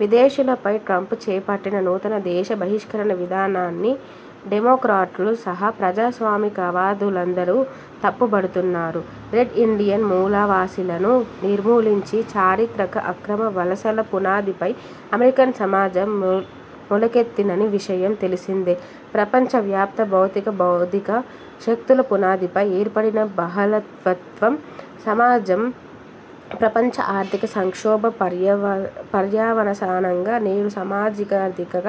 విదేశీయులపై Trump చేపట్టిన నూతన దేశ బహిష్కరణ విధానాన్ని డెమోక్రాట్లు సహా ప్రజాస్వామికవాదులందరూ తప్పుపడుతున్నారు. రెడ్ ఇండియన్ మూలవాసీలను నిర్మూలించి, చారిత్రక అక్రమ వలసల పునాదిపై అమెరికన్ సమాజం మొలకెత్తిన విషయం తెలిసిందే. ప్రపంచవ్యాప్త భౌతిక, బౌద్ధిక శక్తుల పునాదిపై ఏర్పడిన బహళత్వం సమాజం ప్రపంచ ఆర్థిక సంక్షోభం పర్యవసానంగా నేడు సామాజికార్థిక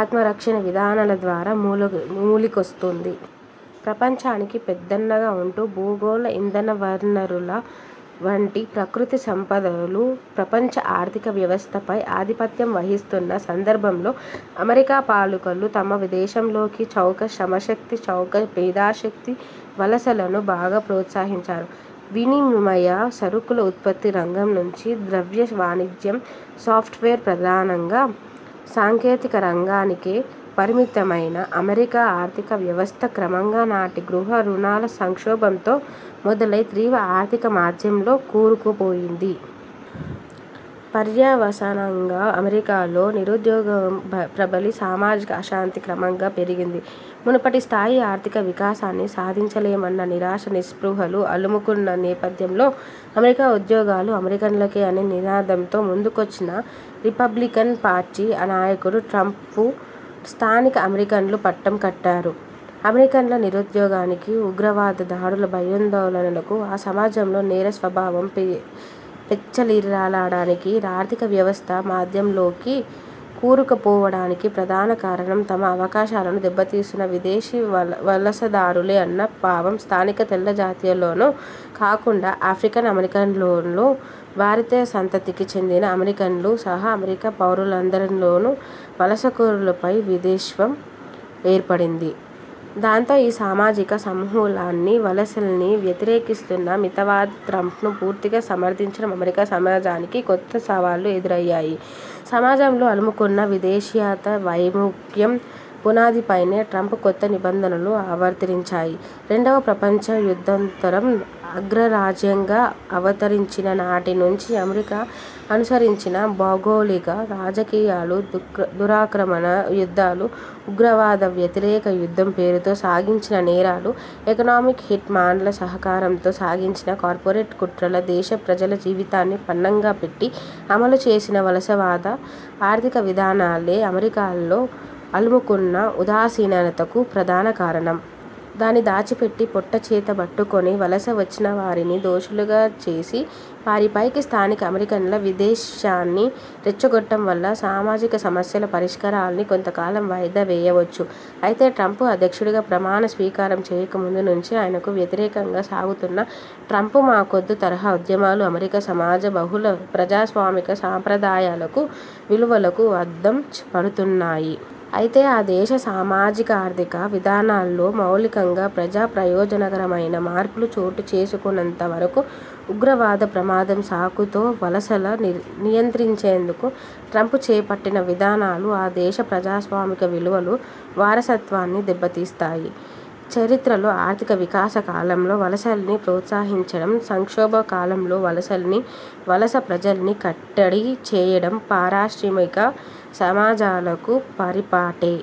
ఆత్మరక్షణ విధానాల ద్వారా ముకుళిస్తోంది. ప్రపంచానికి పెద్దన్నగా ఉంటూ భూగోళ ఇంధనవనరుల వంటి ప్రకృతి సంపదలు, ప్రపంచ ఆర్థిక వ్యవస్థపై ఆధిపత్యం వహిస్తున్న సందర్భంలో అమెరికా పాలకులు తమ దేశంలోకి చౌక శ్రమశక్తి, చౌక మేధాశక్తి వలసలను బాగా ప్రోత్సహించారు. వినిమయ సరుకుల ఉత్పత్తి రంగం నుంచి ద్రవ్య వాణిజ్యం, సాఫ్ట్వేర్ ప్రధానంగా సాంకేతిక రంగానికే పరిమితమైన ఆమెరికా ఆర్థిక వ్యవస్థ క్రమంగా నాటి గృహ రుణాల సంక్షోభంతో మొదలై తీవ్ర ఆర్థిక మాంద్యంలో కూరుకుపోయింది. పర్యవసానంగా అమెరికాలో నిరుద్యోగం ప్రబలి సామాజిక అశాంతి క్రమంగా పెరిగింది. మునుపటి స్థాయి ఆర్థిక వికాసాన్ని సాధించలేమన్న నిరాశా నిస్పృహలు అలుముకున్న నేపథ్యంలో అమెరికా ఉద్యోగాలు 'అమెరికన్లకే అనే నినాదంతో ముందుకొచ్చిన' రిపబ్లికన్ పార్టీ నాయకుడు ట్రంప్కు స్థానిక అమెరికన్లు పట్టం కట్టారు. అమెరికన్ల నిరుద్యోగానికి, ఉగ్రవాద దాడుల భయాందోళనలకు, ఆ సమాజంలో నేర స్వభావం పెచ్చరిల్లడానికి, ఆర్థిక వ్యవస్థ మాంద్యంలోకి కూరుకుపోవడానికి ప్రధాన కారణం తమ అవకాశాలను దెబ్బతీస్తున్న విదేశీ వలసదారులే అన్న భావం స్థానిక తెల్ల జాతీయులలోనే కాకుండా, ఆఫ్రికన్ అమెరికన్లలోనూ, భారతీయ సంతతికి చెందిన అమెరికన్లు సహా అమెరికా పౌరులందరిలోనూ వలసకారులపై విద్వేషం ఏర్పడింది. దాంతో ఈ సామాజిక సమూహాలన్నీ వలసల్ని వ్యతిరేకిస్తున్న మితవాది ట్రంప్ను పూర్తిగా సమర్థించడం అమెరికా సమాజానికి కొత్త సవాళ్ళు ఎదురైనాయి. సమాజంలో అలుముకున్న విదేశీయతా వైముఖ్యం పునాదిపైనే ట్రంప్ కొత్త నిబంధనలు అవతరించాయి. రెండవ ప్రపంచ యుద్ధానంతరం అగ్రరాజ్యంగా అవతరించిన నాటి నుంచి అమెరికా అనుసరించిన భౌగోళిక రాజకీయాలు, దురాక్రమణ యుద్ధాలు, ఉగ్రవాద వ్యతిరేక యుద్ధం పేరుతో సాగించిన నేరాలు, ఎకనామిక్ హిట్ మాన్ల సహకారంతో సాగించిన కార్పొరేట్ కుట్రలు, దేశ ప్రజల జీవితాల్ని పణంగా పెట్టి అమలు చేసిన వలసవాద ఆర్థిక విధానాలే అమెరికాలో అలుముకున్న ఉదాసీనతకు ప్రధాన కారణం. దాన్ని దాచిపెట్టి పొట్టచేతబట్టుకుని వలస వచ్చినవారిని దోషులుగా చేసి, వారిపైకి స్థానిక అమెరికన్ల విద్వేషాన్ని రెచ్చగొట్టడం వల్ల సామాజిక సమస్యల పరిష్కారాల్ని కొంతకాలం వాయిదా వేయొచ్చు. అయితే ట్రంప్ అధ్యక్షుడిగా ప్రమాణ స్వీకారం చేయక ముందు నుంచి ఆయనకు వ్యతిరేకంగా సాగుతున్న 'ట్రంప్ మా కొద్దు' తరహా ఉద్యమాలు అమెరికా సమాజ బహుళ ప్రజాస్వామిక సాంప్రదాయాలకు, విలువలకు అద్దం పడుతున్నాయి. అయితే ఆ దేశ సామాజికార్థిక విధానాల్లో మౌలికంగా ప్రజా ప్రయోజనకరమైన మార్పులు చోటు చేసుకోనంత వరకు ఉగ్రవాద ప్రమాదం సాకుతో వలసల నియంత్రించేందుకు ట్రంప్ చేపట్టిన విధానాలు ఆ దేశ ప్రజాస్వామిక విలువల వారసత్వాన్ని దెబ్బతీస్తాయి. చరిత్రలో ఆర్థిక వికాస కాలంలో వలసల్ని ప్రోత్సహించడం, సంక్షోభ కాలంలో వలసల్ని, వలస ప్రజల్ని కట్టడి చేయడం పారిశ్రామిక సమాజాలకు పరిపాటే.